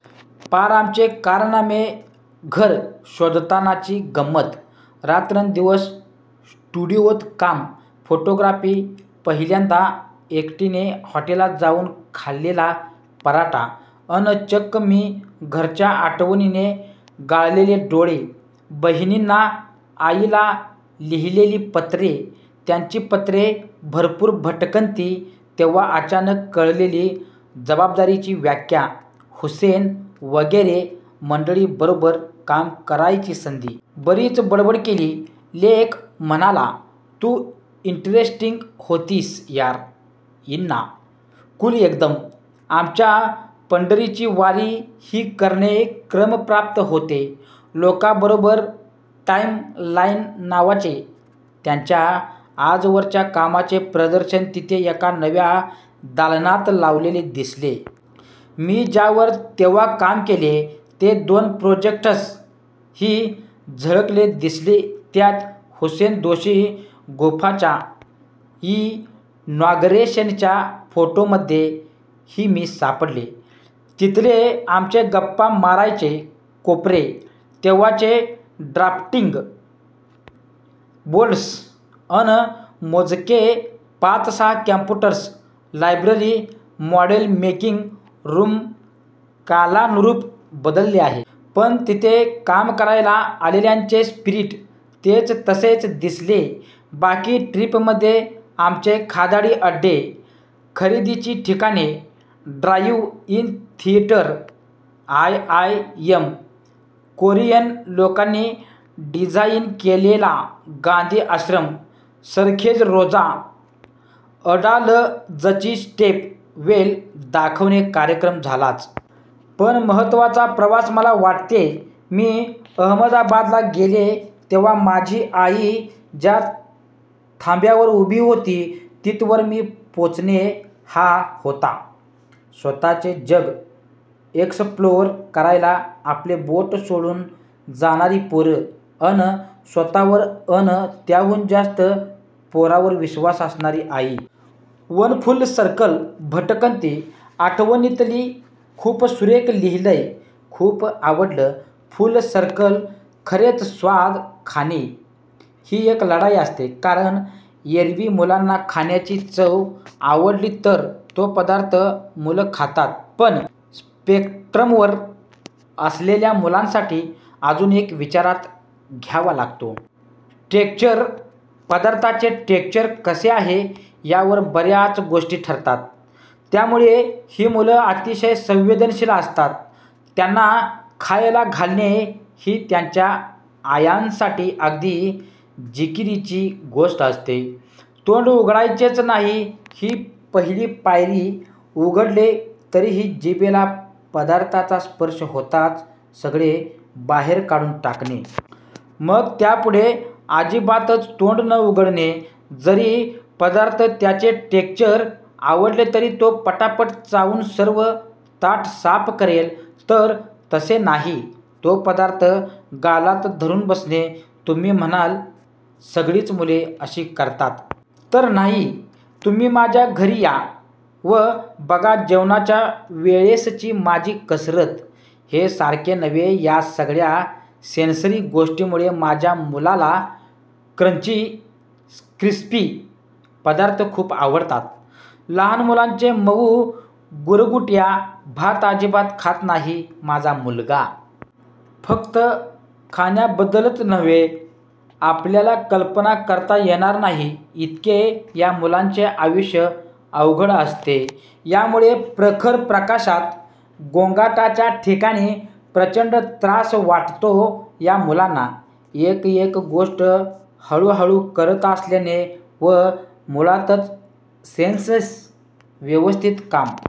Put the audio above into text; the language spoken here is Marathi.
पार आमचे कारनामे, घर शोधतानाची गंमत, रात्रंदिवस स्टुडिओत काम, फोटोग्राफी, पहिल्यांदा एकटीने हॉटेलात जाऊन खाल्लेला पराठा अन चक्क मी घरच्या आठवणीने गाळलेले डोळे, बहिणींना, आईला लिहिलेली पत्रे, त्यांची पत्रे, भरपूर भटकंती, तेव्हा अचानक कळलेली जबाबदारीची व्याख्या, हुसेन वगैरे मंडळींबरोबर काम करायची संधी. बरीच बडबड केली. लेक म्हणाला, तू इंटरेस्टिंग होतीस यार इन्ना, कूल एकदम. आमच्या पंढरीची वारी ही करणे क्रमप्राप्त होते लेकाबरोबर. टाइम लाइन नावाचे त्यांच्या आजवरच्या कामाचे प्रदर्शन तिथे एका नव्या दालनात लावलेले दिसले. मी ज्यावर तेव्हा काम केले ते दोन प्रोजेक्ट्स ही झळकले दिसले त्यात. हुसेन दोशी गुफाच्या इनॉगरेशनच्या फोटोमध्ये ही मी सापडले. तिथले आमचे गप्पा मारायचे कोपरे, तेव्हाचे ड्राफ्टिंग बोर्ड्स अन मोजके पाच-सहा computers, library, model making room कालानुरूप बदलले आहे. पण तिथे काम करायला आलेल्यांचे स्पिरिट तेच तसेच दिसले! बाकी ट्रिपमध्ये आमचे खादाडी अड्डे, खरेदीची ठिकाणे, drive in theatre, I I M, Korean लोकांनी डिझाइन केलेला गांधी आश्रम, सरखेज रोजा, अडालजची स्टेप वेल दाखवणे कार्यक्रम झालाच. पण महत्त्वाचा प्रवास, मला वाटते, मी अहमदाबादला गेले तेव्हा माझी आई ज्या थांब्यावर उभी होती तिथवर, मी पोचणे, हा होता! स्वतःचे जग एक्सप्लोअर करायला, आपले बोट सोडून जाणारी पोरं! अन स्वतःवर अन त्याहून जास्त पोरावर विश्वास असणारी आई. One full circle! भटकंती! आठवणीतली! खूप सुरेख लिहिलंय, खूप आवडलं. फुल सर्कल खरेच. स्वाद खाणे. ही एक लढाई असते. कारण एरवी मुलांना खाण्याची चव आवडली तर तो पदार्थ मुलं खातात. पण स्पेक्ट्रमवर असलेल्या मुलांसाठी अजून एक विचारात घ्यावा लागतो. टेक्श्चर. पदार्थाचे टेक्श्चर कसे आहे यावर बऱ्याच गोष्टी ठरतात. त्यामुळेच ही मुलं अतिशय संवेदनशील असतात. त्यांना खायला घालणे ही त्यांच्या आयांसाठी अगदी जिकिरीची गोष्ट असते. तोंड उघडायचेच नाही ही पहिली पायरी. उघडले तरीही जिभेला पदार्थाचा स्पर्श होताच सगळे बाहेर काढून टाकणे. मग त्यापुढे अजिबातच तोंड न उघडणे. जरी पदार्थ, त्याचे टेक्श्चर आवडले तरी तो पटापटा चावून सर्व ताट साफ करेल तर तसे नाही. तो पदार्थ गालात धरून बसणे. तुम्ही म्हणाल सगळीच मुले अशी करतात. तर नाही. तुम्ही माझ्या घरी या व बघा जेवणाच्या वेळेसची माझी कसरत. हे सारखे नव्हे. या सगळ्या सेन्सरी गोष्टींमुळे माझ्या मुलाला क्रंची, क्रिस्पी पदार्थ खूप आवडतात. लहान मुलांचे मऊ गुरगुट्या भात अजिबात खात नाही माझा मुलगा. फक्त खाण्याबद्दलच नव्हे, आपल्याला कल्पना करता येणार नाही इतके या मुलांचे आयुष्य अवघड असते यामुळे. प्रखर प्रकाशात, गोंगाटाच्या ठिकाणी प्रचंड त्रास वाटतो या मुलांना. एक एक गोष्ट हळूहळू करत असल्याने व मुळातच सेन्सेस व्यवस्थित काम